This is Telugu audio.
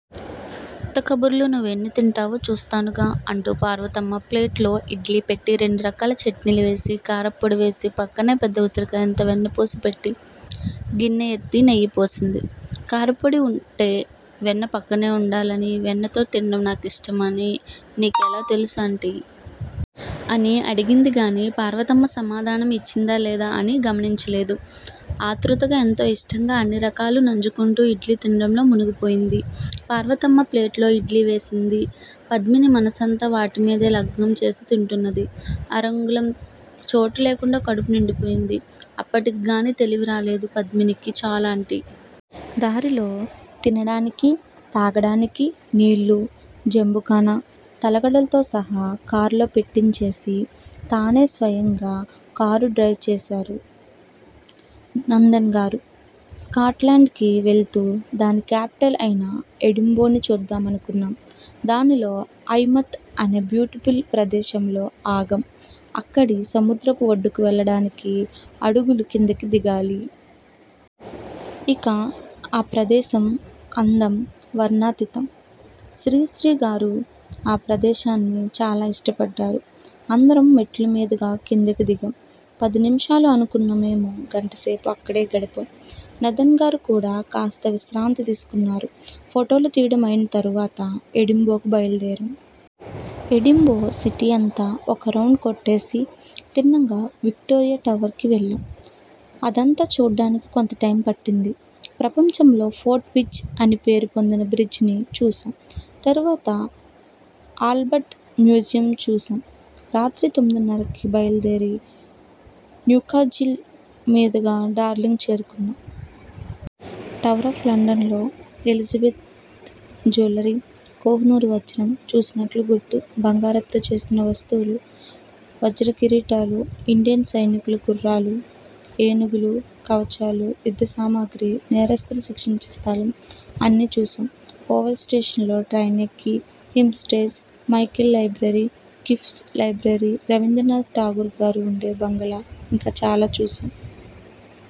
ఉత్త కబుర్లు నువ్వు ఎన్ని తింటావో చూస్తానుగా అంటూ పార్వతమ్మ ప్లేటులో ఇడ్లీ పెట్టి రెండు రకాల చట్నీలు వేసి కారంపొడి వేసి పక్కనే పెద్ద ఉసిరికాయంత వెన్నపూస పెట్టి గిన్నె ఎత్తి నెయ్యి పోసింది. కారంపొడి వుంటే వెన్న పక్కనే వుండాలని వెన్నతో తినటం నాకిష్టం అని నీకెలా తెలుసు ఆంటీ! అని అడిగిందిగాని పార్వతమ్మ సమాధానం యిచ్చిందా లేదా అని గమనించలేదు. ఆతృతగ ఎంతో యిష్టంగా అన్నిరకాలు నంజుకుంటూ ఇడ్లీ తినటంలో మునిగిపోయింది. పార్వతమ్మ ప్లేటులో ఇడ్లీ వేస్తున్నది. పద్మిని మనసంతా వాటిమీదే లగ్నంచేసి తింటున్నది. అరంగుళం చోటులేకుండా కడుపు నిండిపోయింది. అప్పటికిగాని తెలివిరాలేదు పద్మినికి. చాలు ఆంటీ! దారిలో తినటానికి, తాగటానికి నీళ్ళూ, జెంబుకానా, తలగడాలతో సహా కారులో పెట్టించేసి, తానే స్వయంగా కారు డ్రైవ్ చేశారు నాదన్ గారు. స్కాట్ లాండ్ కి వెళుతూ దాని కేపిటల్ అయిన ఎడింబోని చూడదలచుకున్నాం. దానిలో 'ఐ మౌత్' అనే బ్యూటిఫుల్ ప్రదేశంలో ఆగాం. అక్కడి సముద్రపు ఒడ్డుకు వెళ్ళటానికి అడుగులు కిందికి దిగాలి. ఇక ఆ ప్రదేశం అందం వర్ణనాతీతం. శ్రీశ్రీగారు ఆ ప్రదేశాన్ని చాలా ఇష్టపడ్డారు. అందరం మెట్లమీదుగా కిందకి దిగాం. పది నిమిషాలు అనుకున్న మేము గంటసేపు అక్కడే గడిపాం. నాదన్ గారు కూడా కాస్త విశ్రాంతి తీసుకున్నారు. ఫోటోలు తియ్యడం అయిన తర్వాత ఎడింబోకి బయలుదేరాం. ఎడింబో సిటీ అంతా ఒక రౌండ్ కొట్టేసి, తిన్నగా విక్టోరియా టవర్ కి వెళ్ళాం. అదంతా చూడడానికి కొంత టైం పట్టింది. ప్రపంచంలో ఫోర్త్ బ్రిడ్జ్ అని పేరు పొందిన బ్రిడ్జ్ ని చూశాం. తర్వాత ఆల్బర్ట్ మ్యూజియం చూశాం. రాత్రి తొమ్మిదిన్నరకి బయల్దేరి న్యూకాజిల్ మీదుగా డార్లింగ్ చేరుకున్నాం. టవరాఫ్ లండన్లోనే ఎలిజిబెత్ జ్యూయలరీ కోహినూరు వజ్రం చూసినట్టు గుర్తు. బంగారంతో చేసిన వస్తువులు, వజ్రకిరీటాలు, ఇండియన్ సైనికుల గుర్రాలూ, ఏనుగులూ, కవచాలూ, యుద్ధసామాగ్రి, నేరస్థుల్ని శిక్షించే స్థలం అన్నీ చూశాం. ఓవల్ స్టేషన్ లో ట్రైనెక్కి హేమ్ స్టేజ్, Michael library, Kips library, Rabindranath Tagore గారు వుండే బంగళా, ఇంకా చాలా చూశాం.